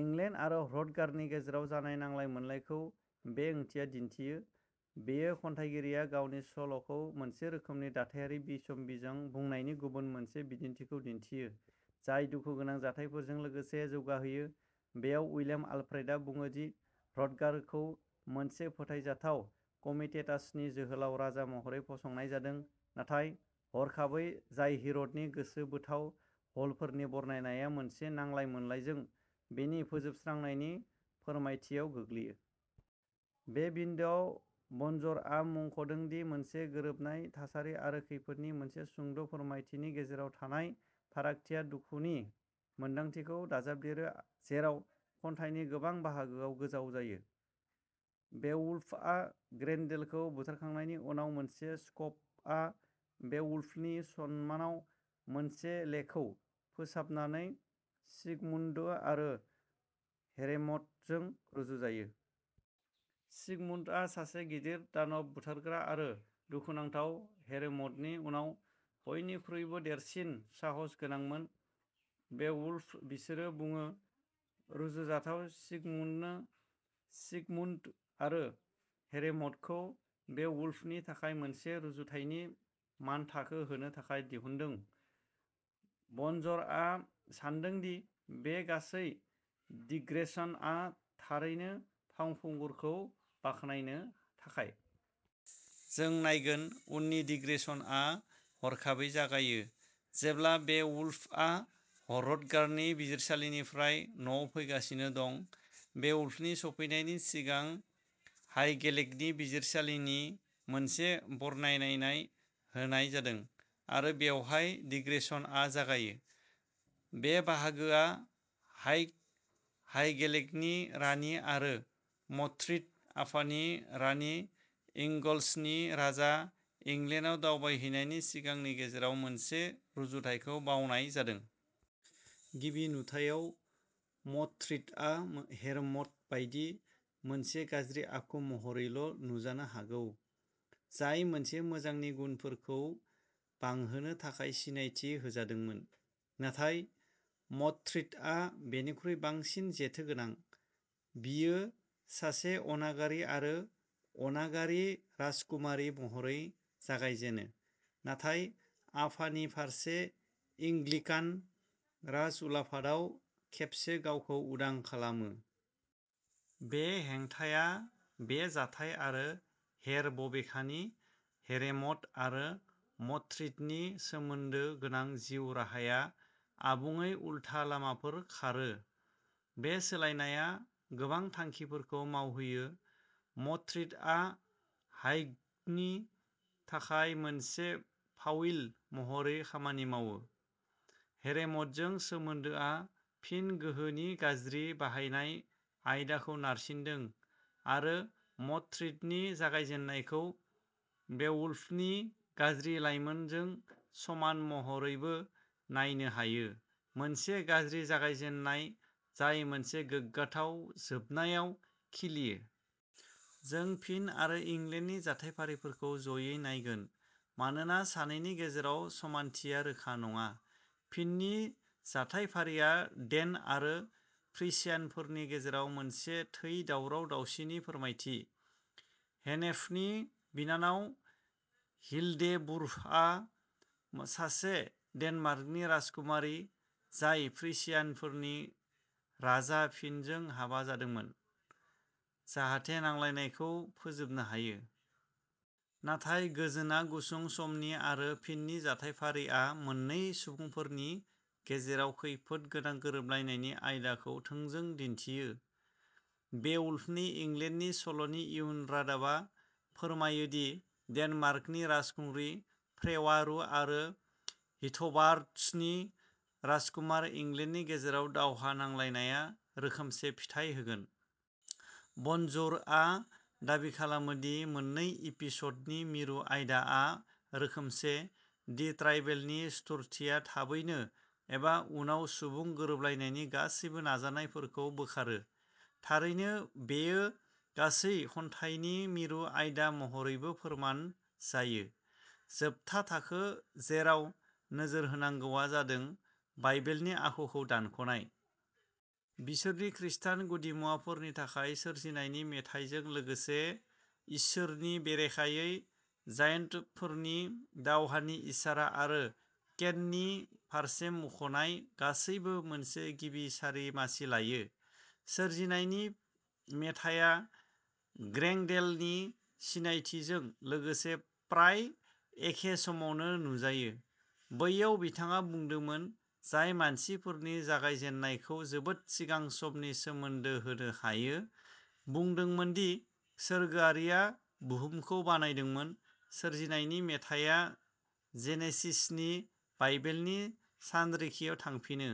इंगेल्ड आरो ह्र'थगारनि गेजेराव जानाय नांलाय मोनलायखौ बे ओंथिआ दिन्थियो। बेयो खन्थाइगिरिया गावनि सल'खौ मोनसे रोखोमनि दाथायारि बिसम्बिजों बुंनायनि गुबुन मोनसे बिदिन्थिखौ दिन्थियो, जाय दुखुगोनां जाथायफोरजों लोगोसे जौगाहोयो। बेयाव, उइलियाम आलफ्रेडआ बुङो दि ह्र'थगारखौ मोनसे फोथायजाथाव कमिटेटासनि जोहोलाव राजा महरै फसंनाय जादों, नाथाय हरखाबै, जाय हिर'टनि गोसो बोथाव हलफोरनि बरनायनाया मोनसे नांलाय मोनलायजों बेनि फोजोबस्रांनायनि फोरमायथियाव गोग्लैयो। बे बिन्दोआव, बनज'रआ मुंख'दों दि मोनसे गोरोबनाय थासारि आरो खैफोदनि मोनसे सुंद' फोरमायथिनि गेजेराव थानाय फारागथिया दुखुनि मोनदांथिखौ दाजाबदेरो जेराव खन्थाइनि गोबां बाहागोआ गोजाव जायो। बेवुल्फआ ग्रेन्डेलखौ बुथारखांनायनि उनाव, मोनसे स्क'पआ बेवुल्फनि सन्मानाव मोनसे लेखौ फोसाबनानै सिगमुन्ड आरो हेरेम'डजों रुजुजायो। सिगमुन्डआ सासे गिदिर दानब बुथारग्रा आरो दुखुनांथाव हेरेम'डनि उनाव बयनिख्रुइबो देरसिन साहस गोनांमोन। बेवुल्फ, बिसोरो बुङो, रुजुजाथाव सिगमुन्डनो। सिगमुन्ड आरो हेरेम'डखौ बेवुल्फनि थाखाय मोनसे रुजुथायनि मानथाखो होनो थाखाय दिहुनदों। बनज'रआ सान्दों दि बे गासै दिग्रेशनआ थारैनो फावखुंगुरखौ बाख्नायनो थाखाय। जों नायगोन उननि दिग्रेशनआ हरखाबै जागायो जेब्ला बेवुल्फआ ह्र'थगारनि बिजिरसालिनिफ्राय न'आव फैगासिनो दं। बेवुल्फनि सफैनायनि सिगां हाइगेलेकनि बिजिरसालिनि मोनसे बरनायनायनाय होनाय जादों आरो बेवहाय दिग्रेशनआ जागायो। बे बाहागोआ हाइग्ड, हाइगेलेकनि रानि आरो म'धथ्रिथ, अफानि रानि, एंगल्सनि राजा, इंलेन्डआव दावबायहैनायनि सिगांनि गेजेराव मोनसे रुजुथायखौ बावनाय जादों। गिबि नुथायाव, म'धथ्रिथआ हेरेम'ड बायदि, मोनसे गाज्रि आखु महरैल' नुजानो हागौ, जाय मोनसे मोजांनि गुनफोरखौ बांहोनो थाखाय सिनायथि होजादोंमोन। नाथाय म'धथ्रिथआ बेनिख्रुइ बांसिन जेथो गोनां। बियो सासे अनागारि आरो अनागारि राजकुमारि महरै जागायजेनो, नाथाय आफानि फारसे एंग्लिकान राजउलाफादाव खेबसे गावखौ उदां खालामो। बे हेंथाया बे जाथाय आरो हेर बबेखानि, हेरेम'ड आरो मडथ्रिथनि सोमोन्दो गोनां जिउ राहाया आबुङै उल्था लामाफोर खारो। बे सोलायनाया गोबां थांखिफोरखौ मावहोयो मडथ्रिथआ हाइग्डनि थाखाय मोनसे फाविल महरै खामानि मावो, हेरेम'डजों सोमोन्दोआ फिन गोहोनि गाज्रि बाहायनाय आयदाखौ नारसिनदों आरो मडथ्रिथनि जागायजेन्नायखौ बेवुल्फनि गाज्रि लाइमोनजों समान महरैबो नायनो हायो, मोनसे गाज्रि जागायजेन्नाय जाय मोनसे गोग्गाथाव जोबनायाव खिलियो। जों फिन आरो इंगेल्डनि जाथायफारिफोरखौ ज'यै नायगोन मानोना सानैनि गेजेराव समानथिया रोखा नङा। फिननि जाथायफारिआ डेन आरो फ्रिसियानफोरनि गेजेराव मोनसे थै दावराव दावसिनि फोरमायथि। हेनेफनि बिनानाव, हिल्डेबुर्हआ सासे डेनमार्कनि राजकुमारि, जाय फ्रिशियानफोरनि राजा फिनजों हाबा जादोंमोन, जाहाथे नांलायलायनायखौ फोजोबनो हायो। नाथाय, गोजोनआ गुसुं समनि आरो फिननि जाथायफारिआ मोन्नै सुबुंफोरनि गेजेराव खैफोद गोनां गोरोबलायनायनि आयदाखौ थोंजों दिन्थियो। बेवुल्फनि इंगेल्डनि सल'नि इयुन रादाबआ फोरमायो दि डेनमार्कनि राजखुंग्रि फ्रेवारू आरो हीथ'बार्ड्सनि राजकुमार इंगेल्डनि गेजेराव दावहा नांलायनाया रोखोमसे फिथाय होगोन। बनजौरआ दाबि खालामो दि मोन्नै एपिस'डनि मिरु आयदाआ रोखोमसे, दि ट्राइबेलनि सुथुरथिया थाबैनो एबा उनाव सुबुं गोरोबलायनायनि गासैबो नाजानायफोरखौ बोखारो। थारैनो, बेयो गासै खन्थाइनि मिरु आयदा महरैबो फोरमान जायो। जोबथा थाखो जेराव नोजोर होनांगौआ जादों बाइबेलनि आखुखौ दानख'नाय। बिसोरनि खृस्टान गुदिमुवाफोरनि थाखाय, सोरजिनायनि मेथाइजों लोगोसे इसोरनि बेरेखायै जायन्टफोरनि दावहानि इसारा आरो केननि फारसे मुंख'नाय गासैबो मोनसे गिबि सारि मासि लायो। सोरजिनायनि मेथाइया ग्रेंडेलनि सिनायथिजों लोगोसे प्राय एखे समावनो नुजायो, बैयाव बिथाङा बुंदोंमोन जाय मानसिफोरनि जागायजेन्नायखौ जोबोद सिगां समनि सोमोन्दो होनो हायो, बुंदोंमोन दि सोरगोआरिआ बुहुमखौ बानायदोंमोन, सोरजिनायनि मेथाइया जेनेसिसनि बाइबेलनि सानरिखियाव थांफिनो।